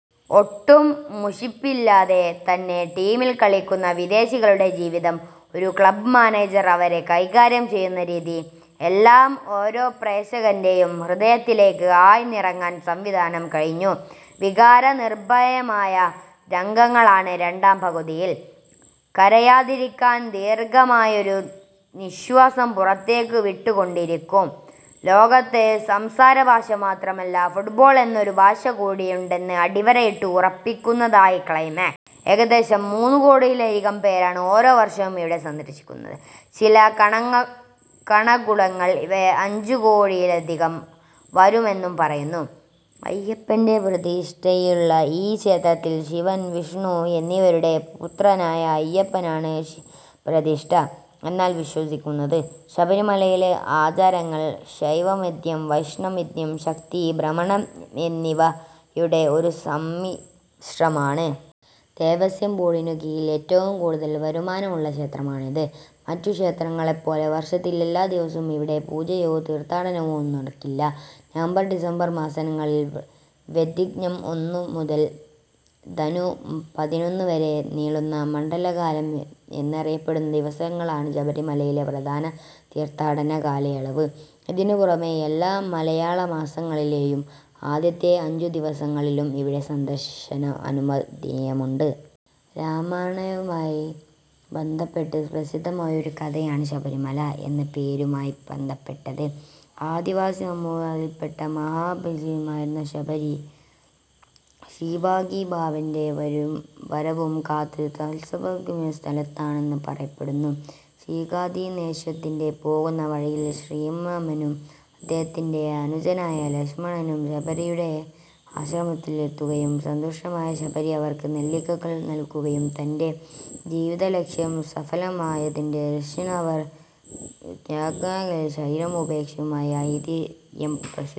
ഒട്ടും മുഷിപ്പിക്കാതെ തന്നെ. ടീമിൽ കളിക്കുന്ന വിദേശികളുടെ ജീവിതം. ഒരു ക്ലബ് മാനേജർ അവരെ കൈകാര്യം ചെയ്യുന്ന രീതി. എല്ലാം ഓരോ പ്രേക്ഷന്റേയും ഹൃദയത്തിലേക്ക് ആഴ്ത്തിയിറക്കാൻ സംവിധായകൻ കഴിഞ്ഞു. വികാര നിർഭരയമായ രംഗങ്ങളാണ് രണ്ടാം പകുതിയിൽ. കരയാതിരിക്കാൻ ദീർഘമായൊരു നിശ്വാസം പുറത്തേക്ക് വിട്ടുക്കൊണ്ടിരിക്കും. ലോകത്ത് സംസാരഭാഷ മാത്രമല്ല, ഫുട്ബോൾ എന്നൊരു ഭാഷകൂടിയുണ്ടെന്ന് അടിവരയിട്ട് ഉറപ്പിക്കുന്നതായിരുന്നു ക്ലൈമാക്സ്. ഏകദേശം മൂന്നു കോടിയിലധികം പേരാണ് ഓരോ വർഷവും ഇവിടം സന്ദർശിക്കുന്നത്. ചില കണക്കുകൾ ഇവ അഞ്ചു കോടിയോളം വരുമെന്നു പറയുന്നു. അയ്യപ്പന്റെ പ്രതിഷ്ഠയുള്ള ഈ ക്ഷേത്രത്തിൽ ശിവൻ, വിഷ്ണു എന്നിവരുടെ പുത്രനായ അയ്യപ്പനാണ് പ്രതിഷ്ഠ എന്നാണ് വിശ്വസിക്കുന്നത്. ശബരിമലയിലെ ആചാരങ്ങൾ ശൈവമതം, വൈഷ്ണവമതം, ശക്തി, ശ്രമണ എന്നിവയുടെ ഒരു സമ്മിശ്രണമാണ്. ദേവസ്വം ബോർഡിനു കീഴിൽ ഏറ്റവും കൂടുതൽ വരുമാനമുള്ള ക്ഷേത്രമാണിത്. മറ്റു ക്ഷേത്രങ്ങളിലെപ്പോലെ വർഷത്തിൽ എല്ലാ ദിവസവും ഇവിടെ പൂജയോ തീർത്ഥാടനമോ നടക്കുന്നില്ല. നവംബർ-ഡിസംബർ മാസങ്ങളിൽ, വൃശ്ചികം ഒന്നുമുതൽ ധനു പതിനൊന്നുവരെ നീളുന്ന, മണ്ഡലക്കാലം എന്നറിയപ്പെടുന്ന ദിവസങ്ങളാണ് ശബരിമലയിലെ പ്രധാന തീർത്ഥാടനകാലയളവ്. ഇതിനുപുറമേ എല്ലാ മലയാളമാസങ്ങളിലേയും ആദ്യത്തെ അഞ്ചുദിവസങ്ങളിലും ഇവിടെ സന്ദർശനമനുവദിക്കുന്നു. രാമായണവുമായി ബന്ധപ്പെട്ട പ്രസിദ്ധമായ ഒരു കഥയാണ് ശബരിമല എന്ന പേരുമായി ബന്ധപ്പെട്ടത്. ആദിവാസി സമുദായത്തിൽപ്പെട്ട മഹാതപസ്വിനിയായിരുന്ന ശബരി, ശ്രീരാമഭഗവാന്റെ വരവും കാത്ത് തപസ്സനുഷ്ഠിച്ച സ്ഥലമാണിതെന്ന് പറയപ്പെടുന്നു. സീതാന്വേഷണത്തിന് പോകുന്ന വഴിയിൽ ശ്രീരാമനും അദ്ദേഹത്തിൻറെ അനുജനായ ലക്ഷ്മണനും ശബരിയുടെ ആശ്രമത്തിലെത്തുകയും സന്തുഷ്ടയായ ശബരി അവർക്ക് നെല്ലിക്കകൾ നൽകുകയും തന്റെ ജീവിതലക്ഷ്യം സഫലമായതിന്റെ ധന്യതയിൽ അവർ യാഗാഗ്നിയിൽ ശരീരം ഉപേക്ഷിച്ചതുമായ ഐതിഹ്യം പ്രസിദ്ധമാണ്.